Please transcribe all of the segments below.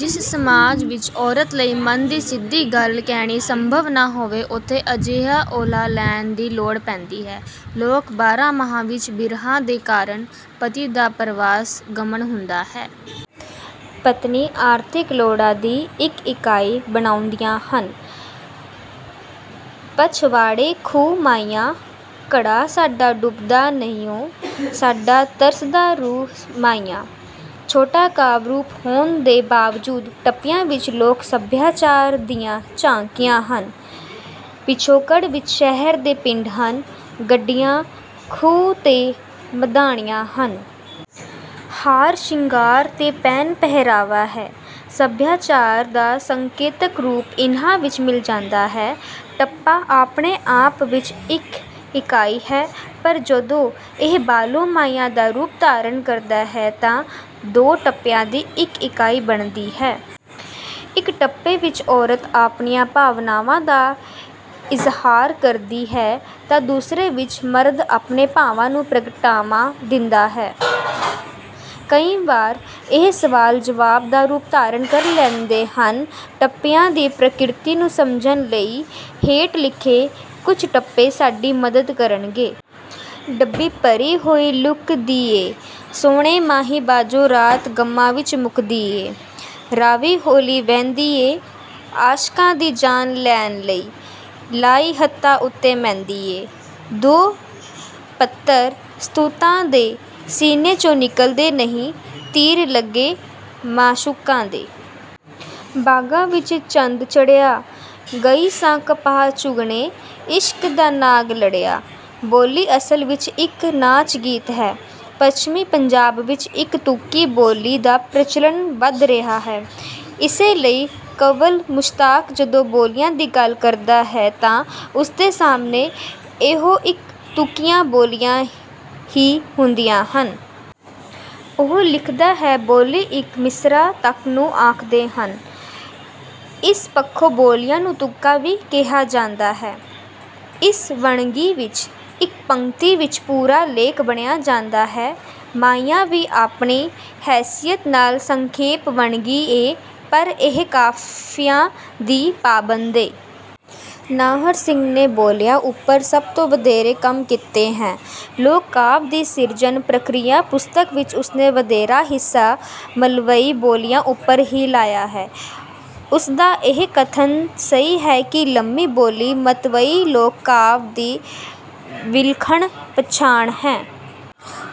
ਜਿਸ ਸਮਾਜ ਵਿਚ ਔਰਤ ਲਈ ਮਨ ਦੀ ਸਿੱਧੀ ਗੱਲ ਕੇਣੀ ਸੰਭਵ ਨਾ ਹੋਵੇ ਔਥੇ ਅਜਿਹਾ ਔਲਾ ਲੈਣ ਦੀ ਲੋੜ ਪੈਂਦੀ ਹੈ। ਲੋਕ ਬਰਾਂਮਾਹਾਂ ਵਿਚ ਬਿਰਹਾ ਦੇ ਕਾਰਣ, ਪਤੀ ਦਾ ਪਰਵਾਸ ਗਮਨ ਹੁੰਦਾ ਹੈ। ਪਤਨੀ ਆਰਥਿਕ ਲੋੜਾਂ ਦੀ ਇਕ ਇਕਾਈ ਬਣਾਉਦੀਆਂ ਹਨ। ਪਛਵਾੜੇ ਖੂਹ ਮਾਹੀਆ, ਘੜਾ ਸਾਡਾ ਡੁੱਬਦਾ ਨਹੀਉਂ, ਸਾਡਾ ਤਰਸਦਾ ਰੂਹ ਮਾਹੀਆ। ਛੋਟਾ ਕਾਵਿ ਰੂਪ ਹੋਣ ਦੇ ਬਾਵਜੂਦ ਟੱਪਿਆਂ ਵਿਚ ਲੋਕ ਸਭਿਆਚਾਰ ਦੀਆਂ ਝਾਕੀਆਂ ਹਨ। ਪਿਛੋਕੜ ਵਿਚ ਸ਼ਹਿਰ ਤੇ ਪਿੰਡ ਹਨ, ਗੱਡੀਆਂ, ਖੂਹ ਤੇ ਮਧਾਣੀਆਂ ਹਨ। ਹਾਰ ਸ਼ਿੰਗਾਰ ਤੇ ਪਹਿਨ ਪਹਿਰਾਵਾ ਹੈ| ਸਭਿਆਚਾਰ ਦਾ ਸੰਕੇਤਕ ਰੂਪ ਇਨ੍ਹਾਂ ਵਿਚ ਮਿਲ ਜਾਂਦਾ ਹੈ। ਟੱਪਾ ਆਪਣੇ ਆਪ ਵਿਚ ਇਕ ਇਕਾਈ ਹੈ। ਪਰ ਜਦੋਂ ਇਹ ਬਾਲੋ ਮਾਹੀਆ ਦਾ ਰੂਪ ਧਾਰਣ ਕਰਦਾ ਹੈ ਤਾਂ ਦੋ ਟੱਪਿਆਂ ਦੀ ਇਕ ਇਕਾਈ ਬਣਦੀ ਹੈ। ਇਕ ਟੱਪੇ ਵਿਚ ਔਰਤ ਆਪਣੀਆਂ ਭਾਵਨਾਵਾਂ ਦਾ ਇਜ਼ਹਾਰ ਕਰਦੀ ਹੈ ਤਾਂ ਦੂਸਰੇ ਵਿਚ ਮਰਦ ਆਪਣੇ ਭਾਵਾਂ ਨੂੰ ਪ੍ਰਗਟਾਵਾ ਦਿੰਦਾ ਹੈ। ਕਈ ਵਾਰ ਇਹ ਸਵਾਲ ਜਵਾਬ ਦਾ ਰੂਪ ਧਾਰਣ ਕਰ ਲੈਂਦੇ ਹਨ। ਟੱਪਿਆਂ ਦੀ ਪ੍ਰਕਿਰਤੀ ਨੂੰ ਸਮਝਣ ਲਈ ਹੇਠ ਲਿਖੇ ਕੁਝ ਟੱਪੇ ਸਾਡੀ ਮਦਦ ਕਰਨਗੇ। ਡੱਬੀ ਭਰੀ ਹੋਈ ਲੁੱਕ ਦੀ ਏ, ਸ੍ਹੋਣੇ ਮਾਹੀ ਬਾਝੋਂ ਰਾਤ ਗ਼ਮਾਂ ਵਿਚ ਮੁੱਕਦੀ ਏ। ਰਾਵੀ ਹੌਲ਼ੀ ਵਹਿੰਦੀ ਏ, ਆਸ਼ਕਾਂ ਦੀ ਜਾਨ ਲੈਣ ਲਈ, ਲਾਈ ਹੱਥਾਂ ਉੱਤੇ ਮਹਿੰਦੀ ਏ। ਦੋ ਪੱਤਰ ਸ਼ਤੂਤਾਂ ਦੇ, ਸੀਨੇ ਚੋਂ ਨਿਕਲਦੇ ਨਹੀਂ, ਤੀਰ ਲੱਗੇ ਮਾਸ਼ੂਕਾਂ ਦੇ। ਬਾਗਾਂ ਵਿਚ ਚੰਦ ਚੜ੍ਹਿਆ, ਗਈ ਸਾਂ ਕਪਾਹ ਚੁੱਗਣੇ, ਇਸ਼ਕ ਦਾ ਨਾਗ ਲੜਿਆ। ਬੋਲੀ ਅਸਲ ਵਿਚ ਇਕ ਨਾਚ ਗੀਤ ਹੈ। ਪੱਛਮੀ ਪੰਜਾਬ ਵਿਚ ਇਕ ਤੁਕੀ ਬੋਲੀ ਦਾ ਪ੍ਰਚਲਨ ਵਧ ਰਿਹਾ ਹੈ। ਇਸੇ ਲਈ ਕੰਵਲ ਮੁਸ਼ਤਾਕ ਜਦੋਂ ਬੋਲੀਆਂ ਦੀ ਗੱਲ ਕਰਦਾ ਹੈ ਤਾਂ ਉਸਦੇ ਸਾਹਮਣੇ ਇਹੋ ਇਕ ਤੁਕੀਆਂ ਬੋਲੀਆਂ ਹੀ ਹੁੰਦੀਆਂ ਹਨ। ਉਹ ਲਿਖਦਾ ਹੈ, ਬੋਲੀ ਇਕ ਮਿਸਰਾ ਤਕ ਨੂੰ ਆਖਦੇ ਹਨ। ਇਸ ਪੱਖੋਂ ਬੋਲੀਆਂ ਨੂੰ ਤੁਕਾਂ ਵੀ ਕਿਹਾ ਜਾਂਦਾ ਹੈ। ਇਸ ਵੰਨਗੀ ਵਿਚ, ਇਕ ਪੰਕਤੀ ਵਿਚ ਪੂਰਾ ਲੇਖ ਬੰਨ੍ਹਿਆਂ ਜਾਂਦਾ ਹੈ। ਮਾਹੀਆ ਵੀ ਆਪਣੀ ਹੈਸੀਅਤ ਨਾਲ ਸੰਖੇਪ ਵੰਨਗੀ ਏ ਪਰ ਇਹ ਕਾਫ਼ੀਆ ਦੀ ਪਾਬੰਦ ਏ। ਨਾਹਰ ਸਿੰਘ ਨੇ ਬੋਲੀਆਂ ਉਪਰ ਸਭ ਤੋਂ ਵਧੇਰੇ ਕੰਮ ਕੀਤੇ ਹੈ। ਲੋਕ ਕਾਵਿ ਦੀ ਸਿਰਜਣ ਪ੍ਰਕਿਰਿਆ ਪੁਸਤਕ ਵਿਚ ਉਸਨੇ ਵਧੇਰਾ ਹਿੱਸਾ ਮਲਵਈ ਬੋਲੀਆਂ ਉਪਰ ਹੀ ਲਾਇਆ ਹੈ। ਉਸਦਾ ਇਹ ਕਥਨ ਸਹੀ ਹੈ ਕਿ ਲੰਮੀ ਬੋਲੀ ਮਤਵਈ ਲੋਕ ਕਾਵਿ ਦੀ ਵਿਲੱਖਣ ਪਛਾਣ ਹੈ।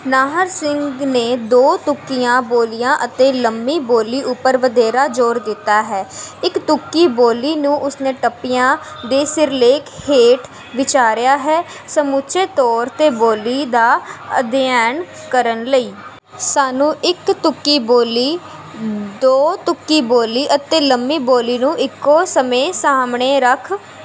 ਨਾਹਰ ਸਿੰਘ ਨੇ ਦੋ ਤੁਕੀਆਂ ਬੋਲੀਆਂ ਅਤੇ ਲੰਮੀ ਬੋਲੀ ਉਪਰ ਵਧੇਰਾ ਜ਼ੋਰ ਦਿੱਤਾ ਹੈ। ਇਕ ਤੁਕੀ ਬੋਲੀ ਨੂੰ ਉਸਨੇ ਟੱਪਿਆਂ ਦੇ ਸਿਰਲੇਖ ਹੇਠ ਵਿਚਾਰਿਆ ਹੈ। ਸਮੁੱਚੇ ਤੌਰ ਤੇ ਬੋਲੀ ਦਾ ਅਧਿਐਨ ਕਰਨ ਲਈ ਸਾਨੂੰ ਇਕ ਤੁਕੀ ਬੋਲੀ, ਦੋ ਤੁਕੀ ਬੋਲੀ ਅਤੇ ਲੰਮੀ ਬੋਲੀ ਨੂੰ ਇਕੋ ਸਮੇਂ ਸਾਹਮਣੇ ਰੱਖ